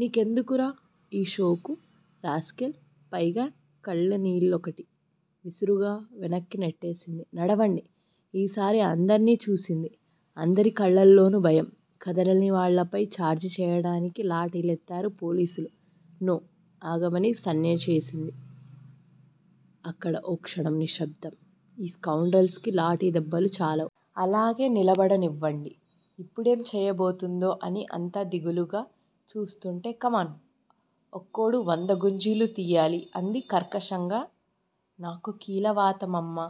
నీ కెందుకురా ఈ షోకు? రాస్కెల్ పైగా కళ్ళనీళ్ళొకటి! విసురుగా వెనక్కి నెట్టేసింది. నడవండి. ఈసారి అందర్నీ చూసింది. అందరి కళ్ళలోనూ భయం. కదలని వాళ్ళపైన ఛార్జీ చేయడానికి లాఠీలెత్తారు పోలీసులు. నో! అగమని సంజ్ఞచేసింది. అక్కడ ఓ క్షణం నిశ్సబ్దం. ఈ స్కౌండ్రల్స్ కి లాఠీ దెబ్బలు చాలవు. అలాగే నిలబడనివ్వండి. ఇప్పుడేం చేయబోతుందో అని అంతా దిగులుగా చూస్తుంటే కమాన్ ఒక్కోడూ వంద గుంజీలు తీయాలి అంది కర్కశంగా. నాకు కీళ్ళవాతమమ్మా.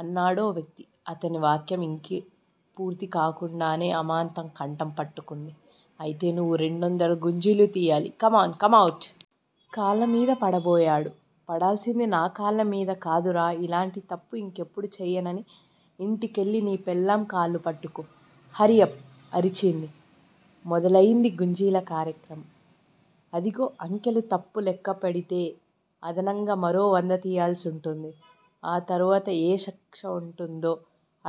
అన్నాడో వ్యక్తి. అతని వాక్యం ఇంకీ పూర్తికాకుండానే అమాంతం కంఠం పట్టుకుంది. అయితే, నువ్వు రెండొందల గుంజీలు తీయాలి. Come on-- come out! కాళ్ళమీద పడబోయాడు. పడాల్సింది నా కాళ్ళమీద కాదురా ఇలాంటి తప్పు ఇంకెప్పుడూ చేయనని ఇంటికెళ్ళినీ పెళ్ళాం కాళ్ళు పట్చుకో. హర్రియప్ అరిచింది. మొదలయింది గుంజీల కార్యక్రమం. అదిగో అంకెలు తప్పు లెక్కపెడితే అదనంగా మరో వందతీయాల్సి ఉంటుంది. ఆ తరువాత ఏ శిక్ష ఉంటుందో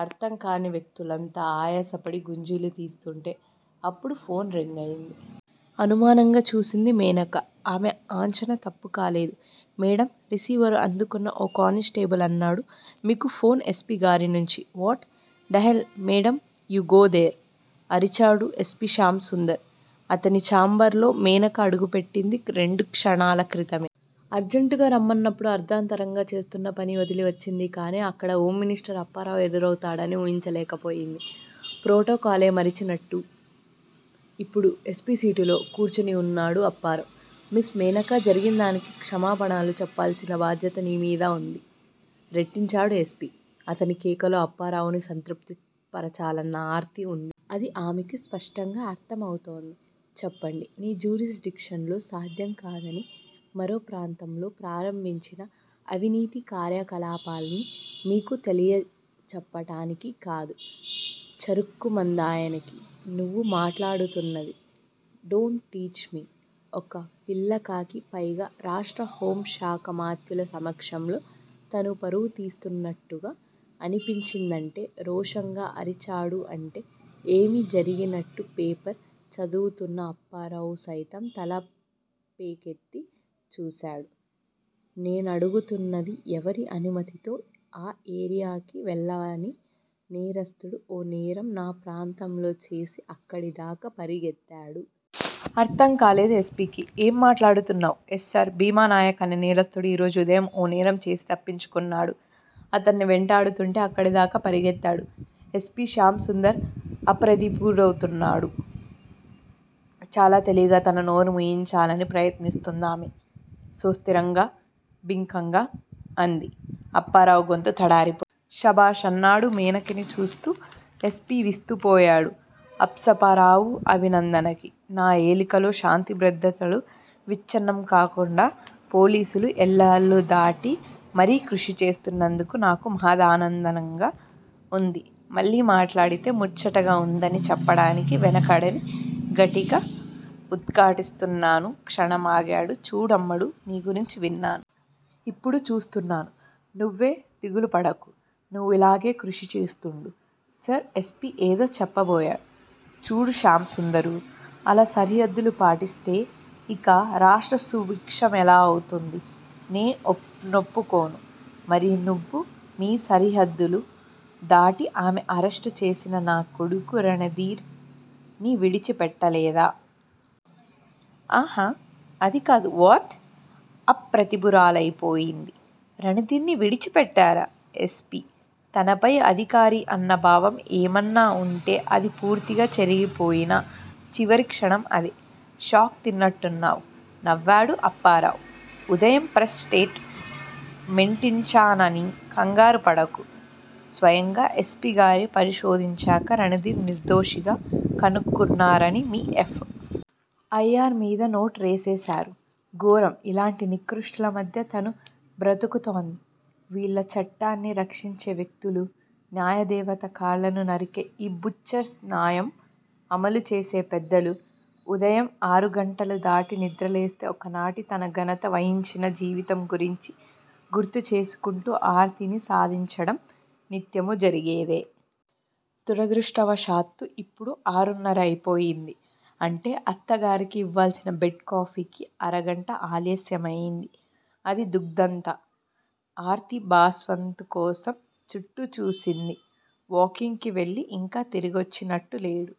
అర్థంకాని వ్యక్తులంతా ఆయాసపడి గుంజీలు తీస్తుంటే అప్పుడు ఫోన్ రింగయింది. అనుమానంగా చూసింది మేనక. ఆమె ఆంచనా తప్పు కాలేదు. మేడం రిసీవరు అందుకున్న ఓ కానిస్టేబుల్ అన్నాడు మీకు ఫోన్ ఎస్పీ గారి నుంచి. What the hell madam you go there? అరిచాడు ఎస్పీ శ్యాం సుందర్. అతని ఛాంబర్ లో మేనక అడుగుపెట్టింది రెండు క్షణాల క్రితమే. అర్జెంటుగా రమ్మన్నప్పుడు అర్థాంతరంగా చేస్తున్న పని వదిలి వచ్చింది కాని, అక్కడ హోంమనిస్టర్ అప్పారావు ఎదురౌతాడని ఊహించలేకపోయింది. ప్రోటోకాలే మరిచినట్టు ఇప్పుడు ఎస్సీసీటులో కూర్చునిఉన్నాడు అప్పారావు. మిస్ మేనకా జరిగిందానికి క్షణాపణలు చెప్పాల్సిన బాధ్యత నీమీద ఉంది. రెట్టించాడు ఎస్పీ. అతని కేకలో అప్పారావుని సంతృప్తి పరచాలన్న ఆర్తి ఉంది. అది ఆమెకు స్పష్టంగా అర్థమౌతూంది. చెప్పండి. నీ జూరిస్ డిక్షనులో సాధ్యం కాదని మరో ప్రాంతంలో ప్రారంభించిన అవినీతి కార్యకలాపాల్ని మీకు తెలియచెప్పటానికి కాదు. చరుక్కుమందాయనికి- నువ్వు మాట్లాడుతున్నది. Don't teach me! ఒక పిల్లకాకి పైగా రాష్ట్ర్రహోం శాఖామాత్యులసమక్షంలో తన పరువు తీస్తున్నట్టుగా అనిపించిందంటే, రోషంగా అరిచాడూ అంటే, ఏమీ జరిగినట్టు పేపరు చదువుతున్న అప్పారావు సైతం తలపేకెత్తి చూశాడు- నేనడుగుతున్నది ఎవరి అనుమతితో ఆ ఏరియాకివెళ్ళావని నేరస్థుడు ఓ నేరం నా ప్రాంతంలో చేసి అక్కడిదాకా పరుగెత్తాడు. అర్థం కాలేదు ఎస్పీకి. ఏం మాట్లాడుతున్నావు? ఎస్సర్ భీమనాయక్ అనే నేరస్థుడు ఈరోజు ఉదయం ఓ నేరం చేసి తప్పించుకున్నాడు. అతన్ని వెంటాడుతుంటే అక్కడితాకా పరుగెత్తాడు. ఎస్పీ శ్యామసుదంర్ అప్రతిభూడౌతున్నడు చాలా తెలివిగా తన నోరు మూయించాలని ప్రయత్నిస్తూందామె. సో స్థిరంగా, బింకంగా అంది. అప్పారావు గొంతు తడారిపోయి శభాష్! అన్నాడు మేనకనిచూస్తూ ఎస్పీ విస్తుపోయాడు అప్సపారావు అభినందనకి. నా ఏలికలో శాంతిభద్రతలు విచ్ఛిన్నం కాకుండా పోలీసులు ఎల్లలు దాటి మరీ కృషీ చేస్తున్నందుకు నాకు మహదానందంగా ఉంది. మళ్ళీ మట్లాడితే ముచ్చటగా ఉందిని చెప్పడానికి వెనకడని గట్టిగా ఉద్ఘాటిస్తున్నాను. క్షణం ఆగాడు. చూడు అమ్మడూ, నీ గురించి విన్నాను. ఇప్పుడు చూస్తున్నాను. నువ్వే దిగులుపడకు. నువ్విలాగే కృషి చేస్తూండు. సర్ ఎస్పీ ఏదో చెప్పబోయాడు. చూడు శ్యాం సుందరూ! అలా సరిహద్దులు పాటిస్తే ఇక రాష్ట్ర్రంసుభిక్షమెలా అవుతుంది? నే నొప్పుకోను. మరి నువ్వు మీ సరిహద్ధలు దాటి ఆమె ఆరెస్టు చేసిన నా కొడుకు రణదీర్ ని విడిచిపెట్టలేదా? అహ- అదికాదు వ్వాట్? అప్రతిభురాలైపోయింది- రణధీర్ ని విడిచిపెట్టారా? ఎస్పీ- తనపై అధికారి అన్న భావం ఏమన్నా ఉంటే అది పూర్తిగా చెరిగిపోయిన చివరిక్షణం అదే. షాక్ తిన్నట్టున్నావు! నవ్వాడు అప్పారావు. ఉదయం ప్రెస్ స్టేట్ మెంటిచ్చానని కంగారుపడకు. స్వయంగా ఎస్పీ గారే పరిశోధించాక రణధీర్ నిర్దోషిగా కనుక్కున్నారని మీ ఎఫ్. ఐ. ఆర్. మీద నోట్ రేసేశారు. ఘోరం! ఇలాంటి నికృష్ఠుల మధ్య తను బ్రతుకుతోంది! వీళ్ళాచట్టాన్ని రక్షించే వ్యక్తులు? న్యాయదేవత కాళ్ళను నరికే ఈ 'బుచ్చర్స్ ' న్యాయం అమలు చేసే పెద్దలు. ఉదయం ఆరు గంటలు దాటి నిద్రలేస్తే ఒకనాటి తన ఘనత వహించిన జీవితం గురించి గుర్తుచేసుకుంటూ ఆర్తిని సాధించడం నిత్యమూ జరిగేదే. దురదృష్టవశాత్తూ ఇప్పుడు ఆరున్నరయిపోయింది. అంటే అత్తగారికి ఇవ్వాల్సిన బెడ్ కాఫీకి అరగంట ఆలస్యమైంది. అదీ దుగ్ధంతా. ఆర్తి భాస్వంత్ కోసం చుట్టూ చూసింది. వాకింగ్ కి వెళ్ళి ఇంకా తిరిగొచ్చినట్టులేడు.